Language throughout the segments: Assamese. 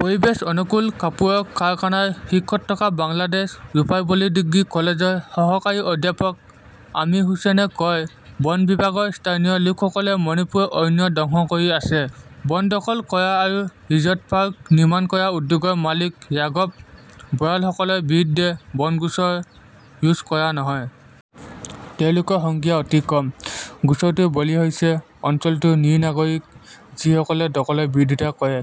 পৰিৱেশ অনুকূল কাপোৰৰ কাৰখানাৰ শীৰ্ষত থকা বাংলাদেশ ৰোপাৰপল্লী ডিগ্ৰী কলেজৰ সহকাৰী অধ্যাপক আমিৰ হুচেইনে কয় বন বিভাগৰ স্থানীয় লোকসকলে মণিপুৰৰ অৰণ্য ধ্বংস কৰি আছে। বন দখল কৰা আৰু ৰিজৰ্ট পাৰ্ক নিৰ্মাণ কৰা উদ্যোগৰ মালিক ৰাঘব বয়ালসকলৰ বিৰুদ্ধে বন গোচৰ ৰুজ কৰা নহয়। তেওঁলোকৰ সংখ্যা অতি কম। গোচৰটোৰ বলি হৈছে অঞ্চলটোৰ নিৰীহ নাগৰিক যিসকলে দখলৰ বিৰোধিতা কৰে।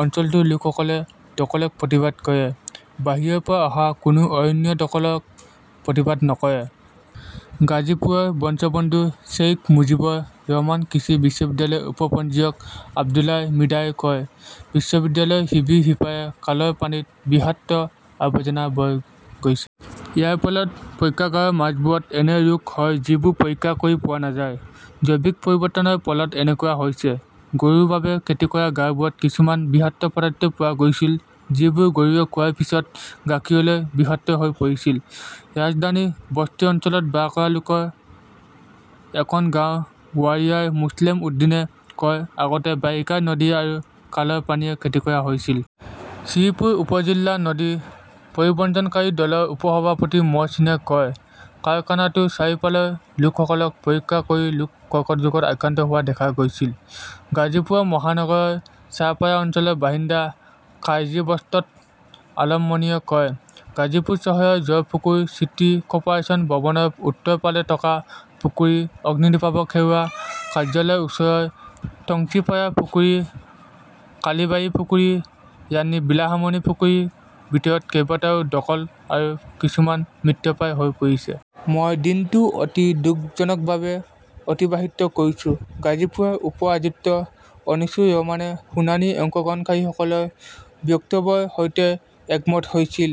অঞ্চলটোৰ লোকসকলে দখলক প্ৰতিবাদ কৰে, বাহিৰৰ পৰা অহা কোনেও অৰণ্য দখলক প্ৰতিবাদ নকৰে। গাজীপুৰৰ বঞ্চবন্ধু শ্বেইখ মুজিবুৰ ৰহমান কৃষি বিশ্ববিদ্যালয়ৰ উপ-পঞ্জীয়ক আব্দুল্লাহ মৃধাই কয়, বিশ্ববিদ্যালয়ৰ শিবিৰৰ সিপাৰে খালৰ পানীত বিষাক্ত আৱৰ্জনা বৈ গৈছে। ইয়াৰ ফলত পৰীক্ষাগাৰৰ মাছবোৰত এনে ৰোগ হয় যিবোৰ পৰীক্ষা কৰি পোৱা নাযায়। জৈৱিক পৰিৱৰ্তনৰ ফলত এনেকুৱা হৈছে। গৰুৰ বাবে খেতি কৰা ঘাঁহবোৰত কিছুমান বিষাক্ত পদাৰ্থ পোৱা গৈছিল যিবোৰ গৰুৱে খোৱাৰ পিছত গাখীৰলৈ বিষাক্ত হৈ পৰিছিল, ৰাজধানীৰ বস্তি অঞ্চলত বাস কৰা লোকৰ এখন গাঁও বোৱাৰিয়াৰ মোছলেম উদ্দীনে কয়, আগতে বাৰিষাৰ নদী আৰু খালৰ পানীৰে খেতি কৰা হৈছিল। শ্ৰীপুৰ উপ-জিলা নদী পৰিবজনকাৰী দলৰ উপ-সভাপতি মহচিনে কয়, কাৰখানাটোৰ চাৰিওফালে লোকসকলক পৰীক্ষা কৰি লোক কৰ্কট ৰোগত আক্ৰান্ত হোৱা দেখা গৈছিল। গাজীপুৰ মহানগৰৰ চাহাপাৰা অঞ্চলৰ বাসিন্দা কাজি বদ্ৰত আলম মনিৰে কয়, গাজীপুৰ চহৰৰ জৰপুখুৰ, চিটি কৰ্পোৰেচন ভৱনৰ উত্তৰ ফালে থকা পুখুৰী, অগ্নিনিৰ্বাপক সেৱা কাৰ্যালয়ৰ ওচৰৰ টঙ্কিৰপাৰা পুখুৰী, কালিবাৰী পুখুৰী, ৰাণী বিলাসামণি পুখুৰীৰ ভিতৰত কেইবাটাও দখল আৰু কিছুমান মৃতপ্ৰায় হৈ পৰিছে। মই দিনটো অতি দুখজনকভাৱে অতিবাহিত কৰিছোঁ ।গাজীপুৰৰ উপ-আয়ুক্ত অনিছুৰ ৰহমানে শুনানিৰ অংশগ্ৰহণকাৰীসকলৰ বক্তব্যৰ সৈতে একমত হৈছিল।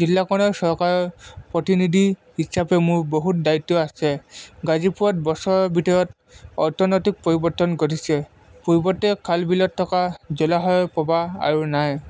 জিলাখনৰ চৰকাৰৰ প্ৰতিনিধি হিচাপে মোৰ বহুত দায়িত্ব আছে। গাজীপুৰত বছৰৰ ভিতৰত অৰ্থনৈতিক পৰিৱৰ্তন ঘটিছে। পূৰ্বতে খাল- বিলত থকা জলাশয়ৰ প্ৰবাহ আৰু নাই।